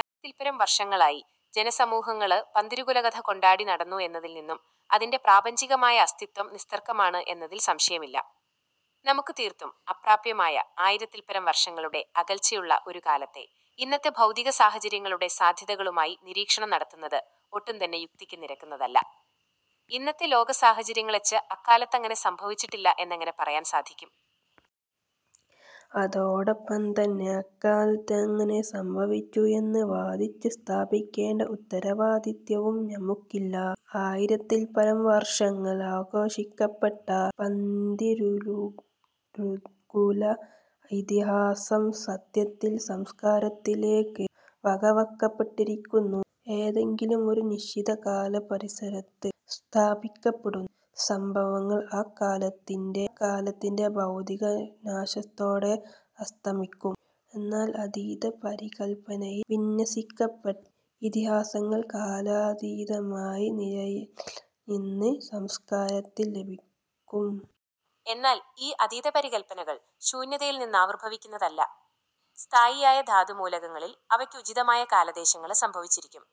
എന്തായാലും ആയിരത്തില്പരം വര്ഷങ്ങളായി ജനസമൂഹങ്ങള് പന്തിരുകുലകഥ കൊണ്ടാടി നടന്നു എന്നതില് നിന്നും അതിന്റെ പ്രാപഞ്ചികമായ അസ്തിത്വം നിസ്തര്ക്കമാണ് എന്നതില് സംശയമില്ല. നമുക്ക് തീര്ത്തും അപ്രാപ്യമായ ആയിരത്തില്പരം വര്ഷങ്ങളുടെ അകല്ച്ചയുള്ള ഒരു കാലത്തെ ഇന്നത്തെ ഭൗതികസാഹചര്യങ്ങളുടെ സാധ്യതകളുമായി നിരീക്ഷണം നടത്തുന്നത് ഒട്ടുംതന്നെ യുക്തിക്ക് നിരക്കുന്നതല്ല. ഇന്നത്തെ ലോകസാഹചര്യങ്ങള്വെച്ച് അക്കാലത്തങ്ങനെ സംഭവിച്ചിട്ടില്ല എന്നെങ്ങനെ പറയാന് സാധിക്കും. അതോടൊപ്പംതന്നെ അക്കാലത്ത് അങ്ങനെ സംഭവിച്ചു എന്ന് വാദിച്ചു സ്ഥാപിക്കേണ്ട ഉത്തരവാദിത്വവും നമുക്കില്ല. ആയിരത്തില്പരം വര്ഷങ്ങള് ആഘോഷിക്കപ്പെട്ട പന്തിരുകുല ഇതിഹാസം സത്യത്തില് സംസ്കാരത്തിലേക്ക് വകവെക്കപ്പെട്ടിരിക്കുന്നു. ഏതെങ്കിലുമൊരു നിശ്ചിതകാല പരിസരത്ത് സ്ഥാപിക്കപ്പെടുന്ന സംഭവങ്ങള് ആ കാലത്തിന്റെ കാലത്തിന്റെ ഭൗതിക നാശത്തോടെ അസ്തമിക്കും. എന്നാല് അതീത പരികല്പനയില് വിന്യസിക്കപ്പെട്ട ഇതിഹാസങ്ങള് കാലാതീതമായി നിലനിന്ന് 'സംസ്കാര'ത്തില് ലയിക്കും. എന്നാല് ഈ അതീതപരികല്പനകള് ശൂന്യതയില് നിന്നാവിര്ഭവിക്കുന്നതല്ല. സ്ഥായിയായ ധാതുമൂലകങ്ങളില് അവയ്ക്ക് ഉചിതമായ കാലദേശങ്ങള് സംഭവിച്ചിരിക്കും.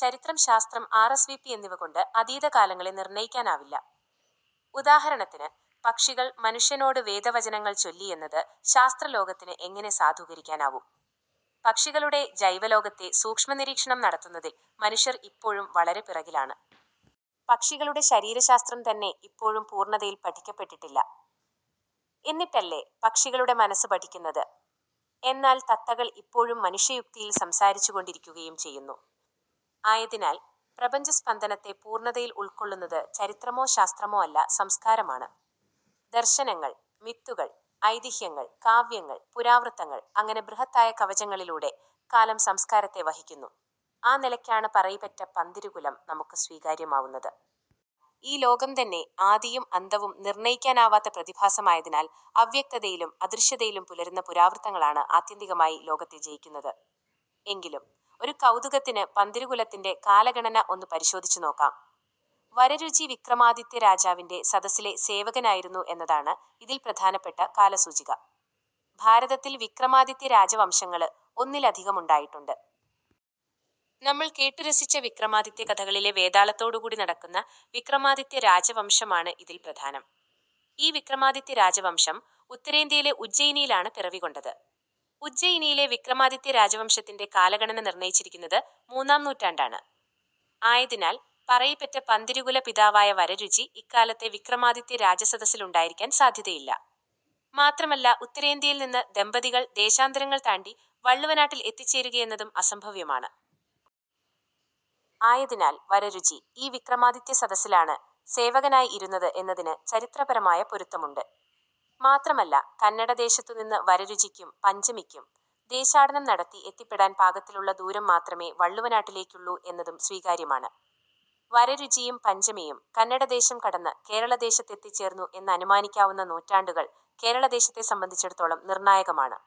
ചരിത്രം ശാസ്ത്രം എന്നിവകൊണ്ട് അതീത കാലങ്ങളെ നിര്ണയിക്കാനാവില്ല. ഉദാഹരണത്തിന് പക്ഷികള് മനുഷ്യനോട് വേദവചനങ്ങള് ചൊല്ലി എന്നത് ശാസ്ത്രലോകത്തിന് എങ്ങനെ സാധൂകരിക്കാനാവും. പക്ഷികളുടെ ജൈവലോകത്തെ സൂക്ഷ്മനിരീക്ഷണം നടത്തുന്നതില് മനുഷ്യര് ഇപ്പോഴും വളരെ പിറകിലാണ്. പക്ഷികളുടെ ശരീരശാസ്ത്രം തന്നെ ഇപ്പോഴും പൂര്ണതയില് പഠിക്കപ്പെട്ടിട്ടില്ല. എന്നിട്ടല്ലേ പക്ഷികളുടെ മനസ്സ് പഠിക്കുന്നത്. എന്നാല് തത്തകള് ഇപ്പോഴും മനുഷ്യയുക്തിയില് സംസാരിച്ചുകൊണ്ടിരിക്കുകയും ചെയ്യുന്നു. ആയതിനാല് പ്രപഞ്ച സ്പന്ദനത്തെ പൂര്ണതയില് ഉള്ക്കൊള്ളുന്നത് ചരിത്രമോ ശാസ്ത്രമോ അല്ല സംസ്കാരമാണ്. ദര്ശനങ്ങള്, മിത്തുകള്, ഐതിഹ്യങ്ങള്, കാവ്യങ്ങള്, പുരാവൃത്തങ്ങള് അങ്ങനെ ബൃഹത്തായ കവചങ്ങളിലൂടെ കാലം സംസ്കാരത്തെ വഹിക്കുന്നു. ആ നിലയ്ക്കാണ് പറയിപെറ്റ പന്തിരുകുലം നമുക്ക് സ്വീകാര്യമാവുന്നത്. ഈ ലോകംതന്നെ ആദിയും അന്തവും നിര്ണയിക്കാനാവാത്ത പ്രതിഭാസമായതിനാല് അവ്യക്തതയിലും അദൃശ്യതയിലും പുലരുന്ന പുരാവൃത്തങ്ങളാണ് ആത്യന്തികമായി ലോകത്തെ ജയിക്കുന്നത്. എങ്കിലും ഒരു കൗതുകത്തിന് പന്തിരുകുലത്തിന്റെ കാലഗണന ഒന്നു പരിശോധിച്ചുനോക്കാം. വരരുചി വിക്രമാദിത്യരാജാവിന്റെ സദസ്സിലെ സേവകനായിരുന്നു എന്നതാണ് ഇതില് പ്രധാനപ്പെട്ട കാലസൂചിക. ഭാരതത്തില് വിക്രമാദിത്യ രാജവംശങ്ങള് ഒന്നിലധികമുണ്ടായിട്ടുണ്ട്. നമ്മള് കേട്ടുരസിച്ച വിക്രമാദിത്യകഥകളിലെ വേതാളത്തോടുകൂടി നടക്കുന്ന വിക്രമാദിത്യ രാജവംശമാണ് ഇതില് പ്രധാനം. ഈ വിക്രമാദിത്യ രാജവംശം ഉത്തരേന്ത്യയിലെ ഉജ്ജയിനിയിലാണ് പിറവികൊണ്ടത്. ഉജ്ജയിനിയിലെ വിക്രമാദിത്യ രാജവംശത്തിന്റെ കാലഗണന നിര്ണയിച്ചിരിക്കുന്നത് മൂന്നാംനൂറ്റാണ്ടാണ്. ആയതിനാല് പറയിപെറ്റ പന്തിരുകുല പിതാവായ വരരുചി ഇക്കാലത്തെ വിക്രമാദിത്യ രാജസദസ്സിലുണ്ടായിരിക്കാന് സാധ്യതയില്ല. മാത്രമല്ല ഉത്തരേന്ത്യയില് നിന്ന് ദമ്പതികള് ദേശാന്തരങ്ങള് താണ്ടി വള്ളുവനാട്ടില് എത്തിച്ചേരുകയെന്നതും അസംഭവ്യമാണ്. ആയതിനാല് വരരുചി ഈ വിക്രമാദിത്യ സദസ്സിലാണ് സേവകനായി ഇരുന്നത് എന്നതിന് ചരിത്രപരമായ പൊരുത്തമുണ്ട്. മാത്രമല്ല. കന്നഡദേശത്തുനിന്ന് വരരുചിക്കും പഞ്ചമിക്കും ദേശാടനം നടത്തി എത്തിപ്പെടാന് പാകത്തിലുള്ള ദൂരം മാത്രമേ വള്ളുവനാട്ടിലേക്കുള്ളൂ എന്നതും സ്വീകാര്യമാണ്. വരരുചിയും പഞ്ചമിയും കന്നഡദേശം കടന്ന് കേരളദേശത്തെത്തിച്ചേര്ന്നു എന്ന് അനുമാനിക്കാവുന്ന നൂറ്റാണ്ടുകള് കേരളദേശത്തെ സംബന്ധിച്ചിടത്തോളം നിര്ണായകമാണ്.